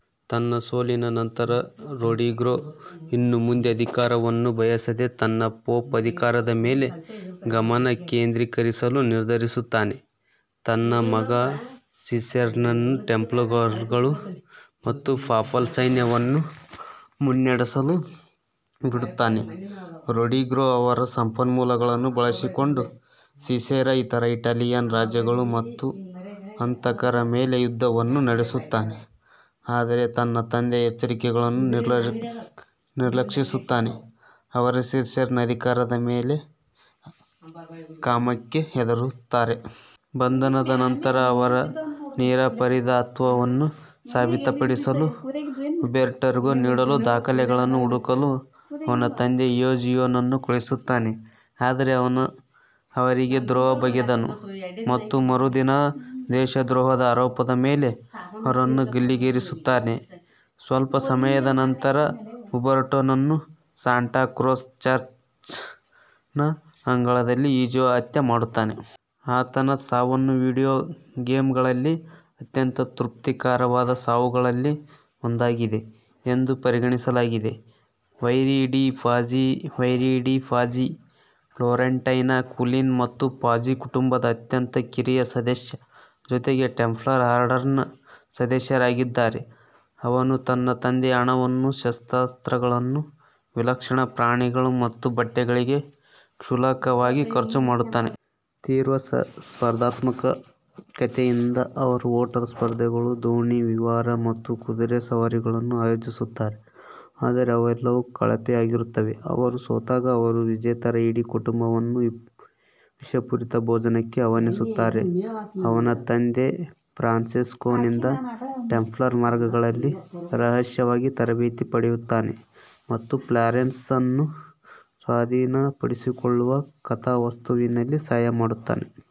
ತನ್ನ ಸೋಲಿನ ನಂತರ, ರೊಡ್ರಿಗೋ, ಇನ್ನು ಮುಂದೆ ಅಧಿಕಾರವನ್ನು ಬಯಸದೆ, ತನ್ನ ಪೋಪ್ ಅಧಿಕಾರದ ಮೇಲೆ ಗಮನ ಕೇಂದ್ರೀಕರಿಸಲು ನಿರ್ಧರಿಸುತ್ತಾನೆ, ತನ್ನ ಮಗ ಸಿಸೇರ್ನನ್ನು ಟೆಂಪ್ಲರ್ಗಳು ಮತ್ತು ಪಾಪಲ್ ಸೈನ್ಯವನ್ನು ಮುನ್ನಡೆಸಲು ಬಿಡುತ್ತಾನೆ. ರೊಡ್ರಿಗೋ ಅವರ ಸಂಪನ್ಮೂಲಗಳನ್ನು ಬಳಸಿಕೊಂಡು, ಸಿಸೇರ್ ಇತರ ಇಟಾಲಿಯನ್ ರಾಜ್ಯಗಳು ಮತ್ತು ಹಂತಕರ ಮೇಲೆ ಯುದ್ಧವನ್ನು ನಡೆಸುತ್ತಾನೆ, ಆದರೆ ತನ್ನ ತಂದೆಯ ಎಚ್ಚರಿಕೆಗಳನ್ನು ನಿರ್ಲಕ್ಷಿಸುತ್ತಾನೆ, ಅವರು ಸಿಸೇರ್ನ ಅಧಿಕಾರದ ಕಾಮಕ್ಕೆ ಹೆದರುತ್ತಾರೆ. ಬಂಧನದ ನಂತರ, ಅವರ ನಿರಪರಾಧಿತ್ವವನ್ನು ಸಾಬೀತುಪಡಿಸಲು ಉಬೆರ್ಟೋಗೆ ನೀಡಲು ದಾಖಲೆಗಳನ್ನು ಹುಡುಕಲು ಅವನ ತಂದೆ ಎಜಿಯೊನನ್ನು ಕಳುಹಿಸುತ್ತಾನೆ, ಆದರೆ ಅವನು ಅವರಿಗೆ ದ್ರೋಹ ಬಗೆದನು ಮತ್ತು ಮರುದಿನ ದೇಶದ್ರೋಹದ ಆರೋಪದ ಮೇಲೆ ಅವರನ್ನು ಗಲ್ಲಿಗೇರಿಸುತ್ತಾನೆ. ಸ್ವಲ್ಪ ಸಮಯದ ನಂತರ, ಉಬೆರ್ಟೊನನ್ನು ಸಾಂಟಾ ಕ್ರೋಸ್ ಚರ್ಚ್ನ ಅಂಗಳದಲ್ಲಿ ಈಜಿಯೊ ಹತ್ಯೆ ಮಾಡುತ್ತಾನೆ. ಆತನ ಸಾವನ್ನು ವಿಡಿಯೋ ಗೇಮ್ಗಳಲ್ಲಿ ಅತ್ಯಂತ ತೃಪ್ತಿಕರವಾದ ಸಾವುಗಳಲ್ಲಿ ಒಂದಾಗಿದೆ ಎಂದು ಪರಿಗಣಿಸಲಾಗಿದೆ. ವೈರಿ ಡಿ 'ಪಾಜಿ ವೈರಿ ಡಿ' ಪಾಜಿ ಫ್ಲೋರೆಂಟೈನ್ ಕುಲೀನ ಮತ್ತು ಪಾಜಿ ಕುಟುಂಬದ ಅತ್ಯಂತ ಕಿರಿಯ ಸದಸ್ಯ, ಜೊತೆಗೆ ಟೆಂಪ್ಲರ್ ಆರ್ಡರ್ನ ಸದಸ್ಯರಾಗಿದ್ದಾರೆ. ಅವನು ತನ್ನ ತಂದೆಯ ಹಣವನ್ನು ಶಸ್ತ್ರಾಸ್ತ್ರಗಳು, ವಿಲಕ್ಷಣ ಪ್ರಾಣಿಗಳು ಮತ್ತು ಬಟ್ಟೆಗಳಿಗೆ ಕ್ಷುಲ್ಲಕವಾಗಿ ಖರ್ಚು ಮಾಡುತ್ತಾನೆ. ತೀವ್ರ ಸ್ಪರ್ಧಾತ್ಮಕತೆಯಿಂದ, ಅವರು ಓಟದ ಸ್ಪರ್ಧೆಗಳು, ದೋಣಿ ವಿಹಾರ ಮತ್ತು ಕುದುರೆ ಸವಾರಿಗಳನ್ನು ಆಯೋಜಿಸುತ್ತಾರೆ, ಆದರೆ ಅವೆಲ್ಲವೂ ಕಳಪೆಯಾಗಿರುತ್ತವೆ; ಅವರು ಸೋತಾಗ, ಅವರು ವಿಜೇತರ ಇಡೀ ಕುಟುಂಬವನ್ನು ವಿಷಪೂರಿತ ಭೋಜನಕ್ಕೆ ಆಹ್ವಾನಿಸುತ್ತಾರೆ. ಅವನ ತಂದೆ ಫ್ರಾನ್ಸೆಸ್ಕೊನಿಂದ ಟೆಂಪ್ಲರ್ ಮಾರ್ಗಗಳಲ್ಲಿ ರಹಸ್ಯವಾಗಿ ತರಬೇತಿ ಪಡೆಯುತ್ತಾನೆ ಮತ್ತು ಫ್ಲಾರೆನ್ಸ್ ಅನ್ನು ಸ್ವಾಧೀನಪಡಿಸಿಕೊಳ್ಳುವ ಕಥಾವಸ್ತುವಿನಲ್ಲಿ ಸಹಾಯ ಮಾಡುತ್ತಾನೆ.